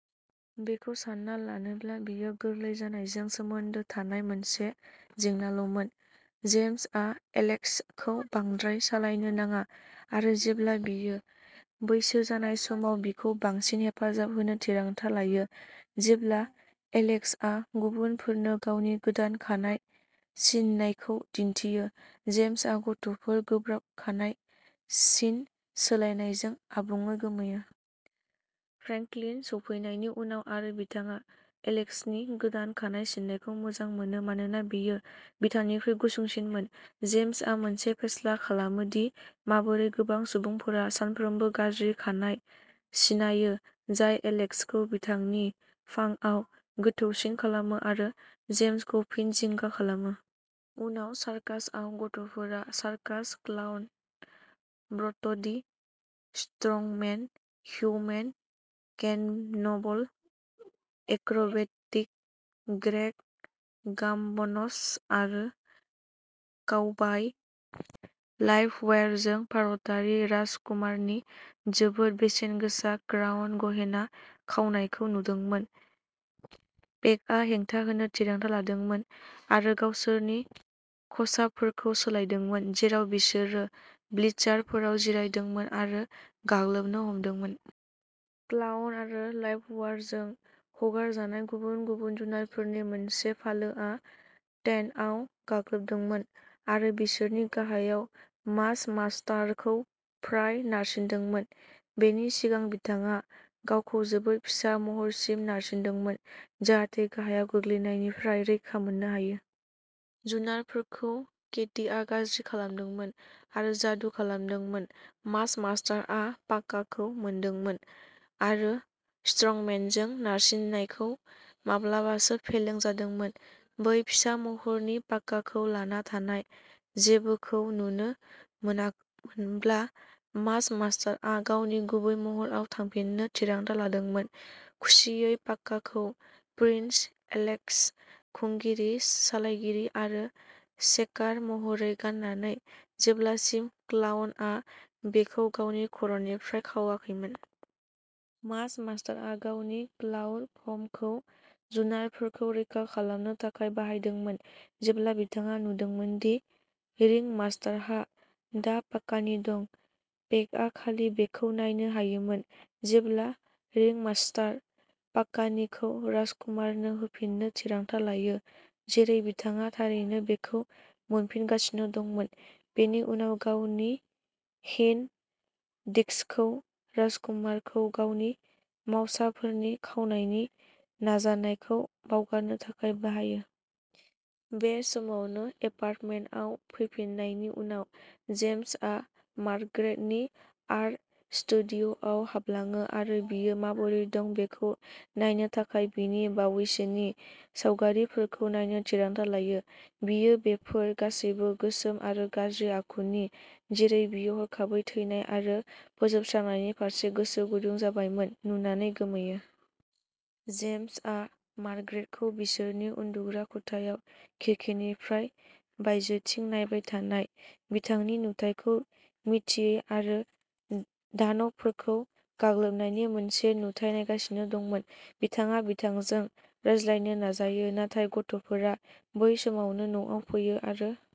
बेखौ सानना लानोब्ला बेयो गोरलै जानायजों सोमोन्दो थानाय मोनसे जेंनाल'मोन। जेम्स आ एलेक्स खौ बांद्राय सालायनो नाङा आरो जेब्ला बियो बैसो जानाय समाव बिखौ बांसिन हेफाजाब होनो थिरांथा लायो। जेब्ला एलेक्स आ गुबुनफोरनो गावनि गोदान खानाय सिननायखौ दिन्थियो, जेम्सा आरो गथ'फोरा गोब्राब खानाय सिन सोलायनायजों आबुङै गोमोयो। फ्रेंकलिन सौफैनायनि उनाव आरो बिथाङा एलेक्स नि गोदान खानाय सिननायखौ मोजां मोनो मानोना बेयो बिथांनिख्रुइ गुसुंसिनमोन, जेम्स आ मोनसे फेस्ला खालामो दि माबोरै गोबां सुबुंफोरा सानफ्रोमबो गाज्रि खानाय सिनायो, जाय एलेक्स खौ बिथांनि फांकआव गोथौसिन खालामो आरो जेम्स खौ फिन जिंगा खालामो। उनाव सार्कासआव गथ'फोरा circus clown, brute the strongman, human cannonball, acrobatic great गाम्ब'न'स आरो काउबाय लाइभवायरजों भारतारि राजकुमारनि जोबोद बेसेनगोसा क्राउन गहेना खावनायखौ नुदोंमोन। पेकआ हेंथा होनो थिरांथा लादोंमोन आरो गावसोरनि खसाबफोरखौ सोलायदोंमोन, जेराव बिसोरो ब्लिचारफोराव जिरायदोंमोन आरो गाग्लोबनो हमदोंमोन। क्लाउन आरो लाइभवायरजों हगारजानाय गुबुन गुबुन जुनारफोरनि मोनसे फालोआ टेन्टआव गाग्लोबदोंमोन आरो बिसोरनि गाहायाव मास मास्टार खौ फ्राय नारसिन्दोंमोन, बेनि सिगां बिथाङा गावखौ जोबोद फिसा महरसिम नारसिन्दोंमोन जाहाथे गाहायाव गोग्लैनायनिफ्राय रैखा मोननो हायो। जुनारफोरखौ केटीआ गाज्रि खालामदोंमोन आरो जादु खालामदोंमोन। मास मास्टार आ पागाखौ मोनदोंमोन आरो स्ट्रंमेनजों नारसिन्नायखौ माब्लाबासो फेलें जादोंमोन। बै फिसा महरनि पागाखौ लाना थानाय जेबोखौ नुनो मोनामोनब्ला, मास मास्टार आ गावनि गुबै महरआव थांफिननो थिरांथा लादोंमोन, खुसियै पागाखौ प्रिन्स एलेक्स खुंगिरि, सालायगिरि आरो शेकार महरै गाननानै जेब्लासिम क्लाउनआ बेखौ गावनि खर'निफ्राय खावाखैमोन। मास मास्टार आ गावनि क्लाउड फर्मखौ जुनारफोरखौ रैखा खालामनो थाखाय बाहायदोंमोन जेब्ला बिथाङा नुदोंमोन दि रिंमास्टारहा दा पागानि दं। पेकआ खालि बेखौ नायनो हायोमोन जेब्ला रिंमास्टारआ पागानिखौ राजकुमारनो होफिननो थिरांथा लायो, जेरै बिथाङा थारैनो बेखौ मोनफिनगासिनो दंमोन, बेनि उनाव गावनि हिप्न' डिस्कखौ राजकुमारखौ गावनि मावसाफोरनि खावनायनि नाजानायखौ बावगारनो थाखाय बाहायो। बे समावनो, एपार्टमेन्टआव फैफिन्नायनि उनाव, जेम्स आ मार्ग्रेट नि आर्ट स्टुडिय'आव हाबलाङो आरो बियो माबोरै दं बेखौ नायनो थाखाय बिनि बावैसोनि सावगारिफोरखौ नायनो थिरांथा लायो। बियो बेफोर गासैबो गोसोम आरो गाज्रि आखुनि, जेरै बियो हरखाबै थैनाय आरो फोजोबस्रांनायनि फारसे गोसो गुदुं जाबायमोन, नुनानै गोमोयो। जेम्सआ मार्ग्रेट खौ बिसोरनि उन्दुग्रा खथायाव खिरखिनिफ्राय बायजोथिं नायबाय थानाय, बिथांनि नुथायखौ मिथियै आरो दानबफोरखौ गाग्लोबनायनि मोनसे नुथाय नायगासिनो दंमोन। बिथाङा बिथांजों रायज्लायनो नाजायो, नाथाय गथ'फोरा बै समावनो न'आव फैयो आरो